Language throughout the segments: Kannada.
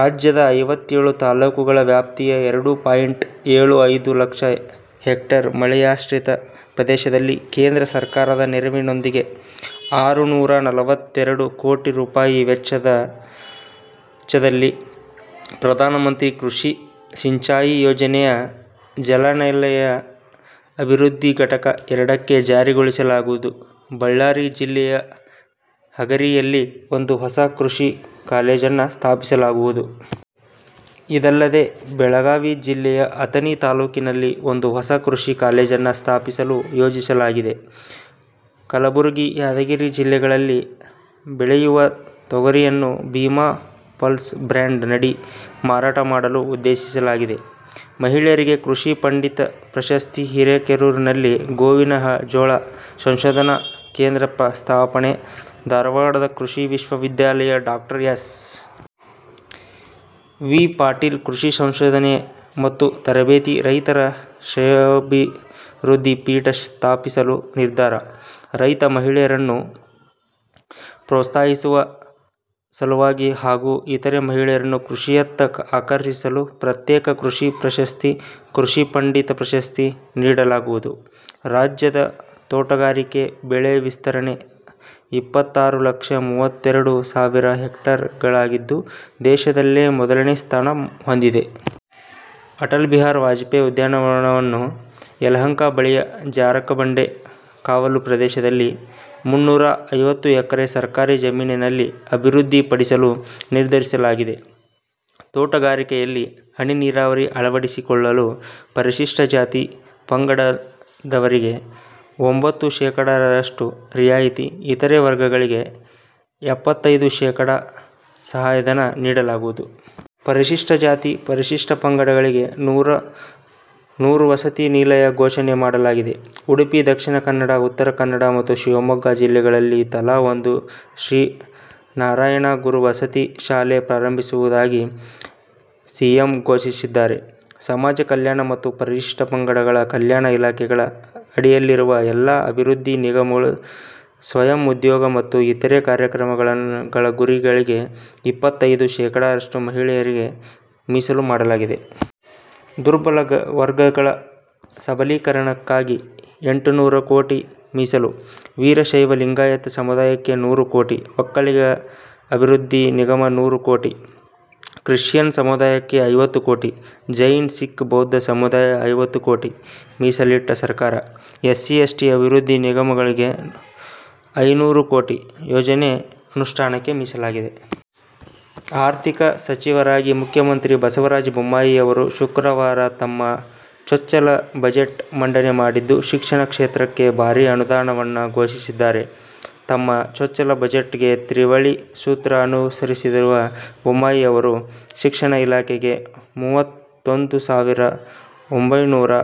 ರಾಜ್ಯದ ಐವತ್ತೇಳು ತಾಲೂಕುಗಳ ವ್ಯಾಪ್ತಿಯ ಎರಡು ಪಾಯಿಂಟ್ ಏಳು ಐದು ಲಕ್ಷ ಹೆಕ್ಟೇರ್ ಮಳೆಯಾಶ್ರಿತ ಪ್ರದೇಶದಲ್ಲಿ ಕೇಂದ್ರ ಸರ್ಕಾರದ ನೆರವಿನೊಂದಿಗೆ ಆರುನೂರಾ ನಲವತ್ತೆರಡು ಕೋಟಿ ರುಪಾಯಿ ವೆಚ್ಚದಲ್ಲಿ ಪ್ರಧಾನ ಮಂತ್ರಿ ಕೃಷಿ ಸಿಂಚಾಯಿ ಯೋಜನೆಯ ಜಲಾನಯನ ಅಭಿವೃದ್ಧಿ ಘಟಕ ಎರಡಕ್ಕೆ ಜಾರಿಗೊಳಿಸಲಾಗುವುದು. ಬಳ್ಳಾರಿ ಜಿಲ್ಲೆಯ ಹಗರಿಯಲ್ಲಿ ಒಂದು ಹೊಸ ಕೃಷಿ ಕಾಲೇಜನ್ನು ಸ್ಥಾಪಿಸಲಾಗುವುದು. ಇದಲ್ಲದೆ ಬೆಳಗಾವಿ ಜಿಲ್ಲೆಯ ಅಥಣಿ ತಾಲೂಕಿನಲ್ಲಿ ಒಂದು ಹೊಸ ಕೃಷಿ ಕಾಲೇಜನ್ನು ಸ್ಥಾಪಿಸಲು ಯೋಜಿಸಲಾಗಿದೆ. ಕಲಬುರಗಿ, ಯಾದಗಿರಿ ಜಿಲ್ಲೆಗಳಲ್ಲಿ ಬೆಳೆಯುವ ತೊಗರಿಯನ್ನು ಭೀಮಾ ಪಲ್ಸ್ ಬ್ರ್ಯಾಂಡ್ ನಡಿ ಮಾರಾಟ ಮಾಡಲು ಉದ್ದೇಶಿಸಲಾಗಿದೆ. ಮಹಿಳೆಯರಿಗೆ 'ಕೃಷಿ ಪಂಡಿತ' ಪ್ರಶಸ್ತಿ ಹಿರೇಕೆರೂರಿನಲ್ಲಿ ಗೋವಿನಜೋಳ ಸಂಶೋಧನಾ ಕೇಂದ್ರ ಸ್ಥಾಪನೆ, ಧಾರವಾಡದ ಕೃಷಿ ವಿಶ್ವವಿದ್ಯಾಲಯದಲ್ಲಿ ಡಾಕ್ಟರ್ ಎಸ್. ವಿ. ಪಾಟೀಲ್ ಕೃಷಿ ಸಂಶೋಧನೆ ಮತ್ತು ತರಬೇತಿ, ರೈತರ ಶ್ರೆಯೋಭಿವೃದ್ಧಿ ಪೀಠ ಸ್ಥಾಪಿಸಲು ನಿರ್ಧಾರ, ರೈತ ಮಹಿಳೆಯರನ್ನು ಪ್ರೋತ್ಸಾಹಿಸುವ ಸಲುವಾಗಿ ಹಾಗೂ ಇತರ ಮಹಿಳೆಯರನ್ನು ಕೃಷಿಯತ್ತ ಆಕರ್ಷಿಸಲು ಪ್ರತ್ಯೇಕ ಕೃಷಿ ಪ್ರಶಸ್ತಿ, ಕೃಷಿ ಪಂಡಿತ ಪ್ರಶಸ್ತಿ ನೀಡಲಾಗುವುದು. ರಾಜ್ಯದ ತೋಟಗಾರಿಕೆ ಬೆಳೆ ವಿಸ್ತರಣೆ ಇಪ್ಪತ್ತಾರು ಲಕ್ಷ ಮೂವತ್ತೆರಡು ಸಾವಿರ ಹೆಕ್ಟೇರ್ ಗಳಾಗಿದ್ದು, ದೇಶದಲ್ಲೇ ಮೊದಲನೇ ಸ್ಥಾನ ಹೊಂದಿದೆ. ಅಟಲ್ ಬಿಹಾರಿ ವಾಜಪೇಯಿ ಉದ್ಯಾನವನವನ್ನು ಯಲಹಂಕ ಬಳಿಯ ಜಾರಕಬಂಡೆ ಕಾವಲು ಪ್ರದೇಶದಲ್ಲಿ ಮುನ್ನೂರಾ ಐವತ್ತು ಎಕರೆ ಸರ್ಕಾರಿ ಜಮೀನಿನಲ್ಲಿ ಅಭಿವೃದ್ಧಿ ಪಡಿಸಲು ನಿರ್ಧರಿಸಲಾಗಿದೆ. ತೋಟಗಾರಿಕೆಯಲ್ಲಿ ಹನಿ ನೀರಾವರಿ ಅಳವಡಿಸಿಕೊಳ್ಳಲು ಪರಿಶಿಷ್ಟ ಜಾತಿ, ಪಂಗಡವರಿಗೆ ತೊಂಬತ್ತು ಶೇಕಡಾದಷ್ಟು ರಿಯಾಯಿತಿ, ಇತರ ವರ್ಗದವರಿಗೆ ಎಪ್ಪತೈದು ಶೇಕಡಾದಷ್ಟು ಸಹಾಯಧನ ನೀಡಲಾಗುವುದು. ಪರಿಶಿಷ್ಟ ಜಾತಿ, ಪರಿಶಿಷ್ಟ ಪಂಗಡಗಳಿಗೆ ನೂರು ವಸತಿ ನಿಲಯ ಘೋಷಣೆ ಮಾಡಲಾಗಿದೆ. ಉಡುಪಿ, ದಕ್ಷಿಣ ಕನ್ನಡ, ಉತ್ತರ ಕನ್ನಡ ಮತ್ತು ಶಿವಮೊಗ್ಗ ಜಿಲ್ಲೆಗಳಲ್ಲಿ ತಲಾ ಒಂದು ಶ್ರೀ ನಾರಾಯಣ ಗುರು ವಸತಿ ಶಾಲೆ ಪ್ರಾರಂಭಿಸುವುದಾಗಿ ಸಿಎಂ ಘೋಷಿಸಿದ್ದಾರೆ. ಸಮಾಜ ಕಲ್ಯಾಣ ಮತ್ತು ಪರಿಶಿಷ್ಟ ಪಂಗಡಗಳ ಕಲ್ಯಾಣ ಇಲಾಖೆಗಳ ಅಡಿಯಲ್ಲಿರುವ ಎಲ್ಲಾ ಅಭಿವೃದ್ಧಿ ನಿಗಮಗಳ ಸ್ವಯಂ ಉದ್ಯೋಗ ಮತ್ತು ಇತರೆ ಕಾರ್ಯಕ್ರಮಗಳ ಗುರಿಯಲ್ಲಿ ಇಪ್ಪತೈದು ಶೇಕಡಾದಷ್ಟು ಮಹಿಳೆಯರಿಗೆ ಮೀಸಲು ಇಡಲಾಗಿದೆ. ದುರ್ಬಲ ವರ್ಗಗಳ ಸಬಲೀಕರಣಕ್ಕಾಗಿ ಎಂಟುನೂರು ಕೋಟಿ ಮೀಸಲು, ವೀರಶೈವ ಲಿಂಗಾಯತ ಸಮುದಾಯಕ್ಕೆ ನೂರು ಕೋಟಿ, ಒಕ್ಕಲಿಗ ಅಭಿವೃದ್ಧಿ ನಿಗಮ ನೂರು ಕೋಟಿ, ಕ್ರಿಶ್ಚಿಯನ್ ಸಮುದಾಯಕ್ಕೆ ಐವತ್ತು ಕೋಟಿ, ಜೈನ, ಸಿಖ್, ಬೌದ್ದ ಸಮುದಾಯ ಐವತ್ತು ಕೋಟಿ ಮೀಸಲಿಟ್ಟ ಸರ್ಕಾರ. ಎಸ್ಸಿ ಎಸ್ಟಿ ಅಭಿವೃದ್ಧಿ ನಿಗಮಗಳಲ್ಲಿ ಐನೂರು ಕೋಟಿ ಯೋಜನೆ ಅನುಷ್ಠಾನಕ್ಕೆ ಮೀಸಲಿರಿಸಿದೆ. ಆರ್ಥಿಕ ಸಚಿವರಾಗಿ ಮುಖ್ಯಮಂತ್ರಿ ಬಸವರಾಜ ಬೊಮ್ಮಾಯಿಯವರು ಶುಕ್ರವಾರ ತಮ್ಮ ಚೊಚ್ಚಲ ಬಜೆಟ್ ಮಂಡನೆ ಮಾಡಿದ್ದು, ಶಿಕ್ಷಣ ಕ್ಷೇತ್ರಕ್ಕೆ ಭಾರೀ ಅನುದಾನವನ್ನು ಘೋಷಿಸಿದ್ದಾರೆ. ತಮ್ಮ ಚೊಚ್ಚಲ ಬಜೆಟ್ ಗೆ ತ್ರಿವಳಿ ಸೂತ್ರ ಅನುಸರಿಸಿರುವ ಬೊಮ್ಮಾಯಿಯವರು, ಶಿಕ್ಷಣ ಇಲಾಖೆಗೆ ಮೂವತ್ತೊಂದು ಸಾವಿರದ ಒಂಬೈನೂರಾ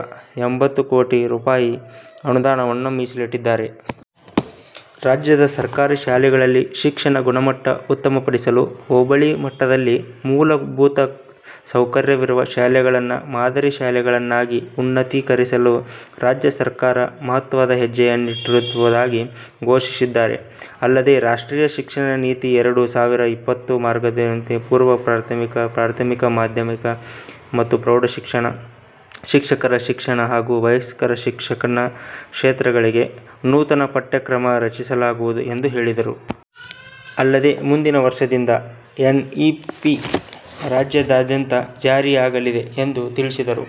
ಎಂಬತ್ತು ಕೋಟಿ ರುಪಾಯಿ ಅನುದಾನವನ್ನು ಮೀಸಲಿಟ್ಟಿದ್ದಾರೆ. ರಾಜ್ಯದ ಸರ್ಕಾರಿ ಶಾಲೆಗಳಲ್ಲಿ ಶಿಕ್ಷಣದ ಗುಣಮಟ್ಟ ಉತ್ತಮಪಡಿಸಲು ಹೋಬಳಿ ಮಟ್ಟದಲ್ಲಿ ಮೂಲಭೂತ ಸೌಕರ್ಯವಿರುವ ಶಾಲೆಗಳನ್ನು ಮಾದರಿ ಶಾಲೆಗಳನ್ನಾಗಿ ಉನ್ನತೀಕರಿಸಲು ರಾಜ್ಯ ಸರ್ಕಾರ ಮಹತ್ವದ ಹೆಜ್ಜೆಯನ್ನಿಟ್ಟಿರುವುದಾಗಿ ಘೋಷಿಸಿದ್ದಾರೆ. ಅಲ್ಲದೇ ರಾಷ್ಟ್ರೀಯ ಶಿಕ್ಷಣ ನೀತಿ ಎರಡು ಸಾವಿರದ ಇಪ್ಪತ್ತರ ಮಾರ್ಗಸೂಚಿಯಂತೆ ಪೂರ್ವ ಪ್ರಾಥಮಿಕ, ಪ್ರಾಥಮಿಕ, ಮಾಧ್ಯಮಿಕ ಮತ್ತು ಪ್ರೌಢಶಿಕ್ಷಣ, ಶಿಕ್ಷಕರ ಶಿಕ್ಷಣ ಹಾಗೂ ವಯಸ್ಕರ ಶಿಕ್ಷಣ ಕ್ಷೇತ್ರಗಳಿಗೆ ನೂತನ ಪಠ್ಯ ಕ್ರಮ ರಚಿಸಲಾಗುವುದು ಎಂದು ಹೇಳಿದರು. ಅಲ್ಲದೇ ಮುಂದಿನ ವರ್ಷದಿಂದ ಎನ್ ಇಪಿ ರಾಜ್ಯಾದ್ಯಂತ ಜಾರಿಯಾಗಲಿದೆ ಎಂದು ತಿಳಿಸಿದರು.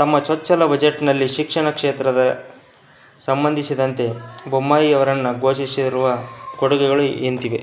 ತಮ್ಮ ಚೊಚ್ಚಲ ಬಜೆಟ್ನಲ್ಲಿ ಶಿಕ್ಷಣ ಕ್ಷೇತ್ರಕ್ಕೆ ಸಂಬಂಧಿಸಿದಂತೆ ಬೊಮ್ಮಾಯಿಯವರು ಘೋಷಿಸಿರುವ ಕೊಡುಗೆಗಳು ಇಂತಿವೆ.